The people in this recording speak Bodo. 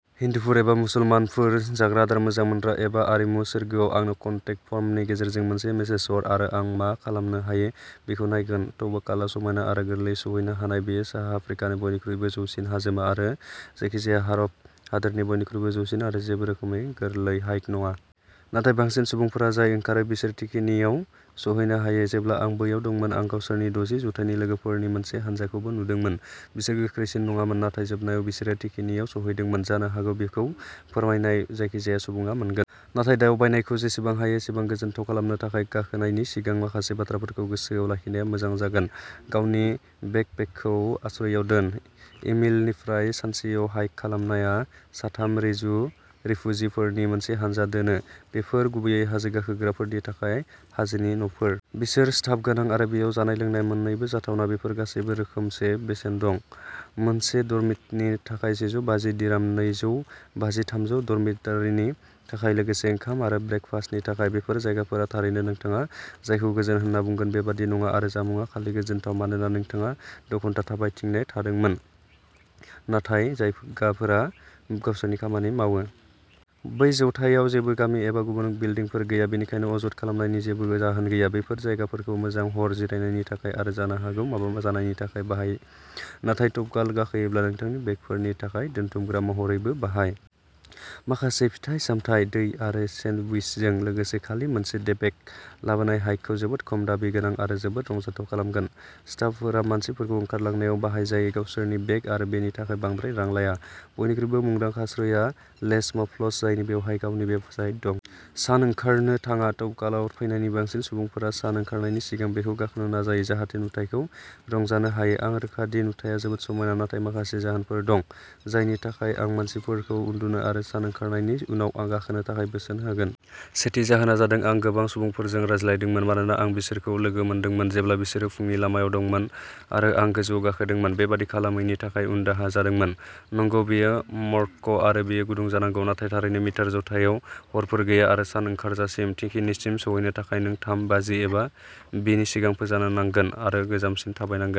हिन्दुफोर एबा मुसलमानफोर, जाग्रा आदार मोजां मोनग्रा एबा आरिमु सोरगोआव? आंनो कन्टेक फर्मनि गेजेरजों मोनसे मेसेज हर आरो आं मा खालामनो हायो बेखौ नायगोन। तौबकालआ समायना आरो गोरलैयै सौहैनो हानाय। बेयो साहा आफ्रिकानि बयनिख्रुइबो जौसिन हाजोमा आरो जायखिजाया आरब हादोरनि बयनिख्रुइबो जौसिन आरो जेबो रोखोमै गोरलै हाइक नङा। नाथाय बांसिन सुबुंफोरा जाय ओंखारो बिसोर थिखिनियाव सौहैनो हायो। जेब्ला आं बैयाव दंमोन, आं गावसोरनि दजि जौथायनि लोगोफोरनि मोनसे हानजाखौबो नुदोंमोन। बिसोर गोख्रैसिन नङामोन, नाथाय जोबनायाव बिसोरो थिखिनियाव सौहैदोंमोन। जानो हागौ बेखौ फोरमायनाय जायखिजाया सुबुङा मोनगोन। नाथाय दावबायनायखौ जेसेबां हायो एसेबां गोजोनथाव खालामनो थाखाय गाखोनायनि सिगां माखासे बाथ्राफोरखौ गोसोआव लाखिनाया मोजां जागोन। गावनि बेकपेकखौ आश्रयआव दोन। इमिलनिफ्राय सानसेआव हाइक खालामनाया सा थाम रेजु रिफुजिफोरनि मोनसे हानजा दोनो। बेफोर गुबैयै हाजो गाखोग्राफोरनि थाखाय हाजोनि न'फोर। बिसोर स्टाफ गोनां आरो बेयाव जानाय-लोंनाय मोननैबो जाथावना। बेफोर गासैबो रोखोमसे बेसेन दं। मोनसे डर्मिटनि थाखाय सेजौ बाजि दिराम। नैजौ बाजि-थामजौ डर्मिटारिनि थाखाय लोगोसे ओंखाम आरो ब्रेकफास्टनि थाखाय। बेफोर जायगाफोरा थारैनो नोंथाङा जायखौ गोजोन होनना बुंगोन बेबादि नङा आरो जामुंआ खालि गोजोनथाव मानोना नोंथाङा द' घन्टा थाबायथिंबाय थादोंमोन, नाथाय जायगाफोरा गावसोरनि खामानि मावो। बै जौथायाव जेबो गामि एबा गुबुन बिल्डिंफोर गैया, बेनिखायनो अजद खालामनायनि जेबो जाहोन गैया। बेफोर जायगाफोरखौ मोजां हर जिरायनायनि थाखाय आरो जानो हागौ माबा जानायनि थाखाय बाहाय, नाथाय तौबकाल गाखोयोब्ला नोंथांनि बेगफोरनि थाखाय दोनथुमग्रा महरैबो बाहाय। माखासे फिथाइ-सामथाइ, दै आरो सेन्डविचजों लोगोसे खालि मोनसे डेपेक लाबोनाय हाइकखौ जोबोद खम दाबि गोनां आरो जोबोद रंजाथाव खालामगोन। स्टाफफोरा मानसिफोरखौ ओंखारलांनायाव बाहायजायो। गावसोरनि बेग आरो बेनि थाखाय बांद्राय रां लाया। बयनिख्रुइबो मुंदांखा आश्रयआ लेस मौफ्लस, जायनि बेवहाय गावनि वेबसाइट दं। सान ओंखारनो थाङा। तौबकालाव फैनायनि बांसिन सुबुंफोरा सान ओंखारनायनि सिगां बेखौ गाखोनो नाजायो, जाहाथे नुथायखौ रंजानो हायो। आं रोखा दि नुथाया जोबोद समायना, नाथाय माखासे जाहोनफोर दं जायनि थाखाय आं मानसिफोरखौ उन्दुनो आरो सान ओंखारनायनि उनाव गाखोनो थाखाय बोसोन होगोन। सेथि जाहोना जादों आं गोबां सुबुंफोरजों रायज्लायदोंमोन मानोना आं बिसोरखौ लोगो मोनदोंमोन जेब्ला बिसोरो फुंनि लामायाव दंमोन आरो आं गोजौआव गाखोदोंमोन, बेबादि खालामैनि थाखाय उनदाहा जादोंमोन। नंगौ, बेयो मरक्क'आरो बेयो गुदुं जानांगौ, नाथाय थारैनो मिटार जौथायाव हरफोर गैया आरो सान ओंखारजासिम थिखिनिसिम सौहैनो थाखाय नों थाम बाजि एबा बिनि सिगां फोजानो नांगोन आरो गोजामसिम थाबायनांगोन।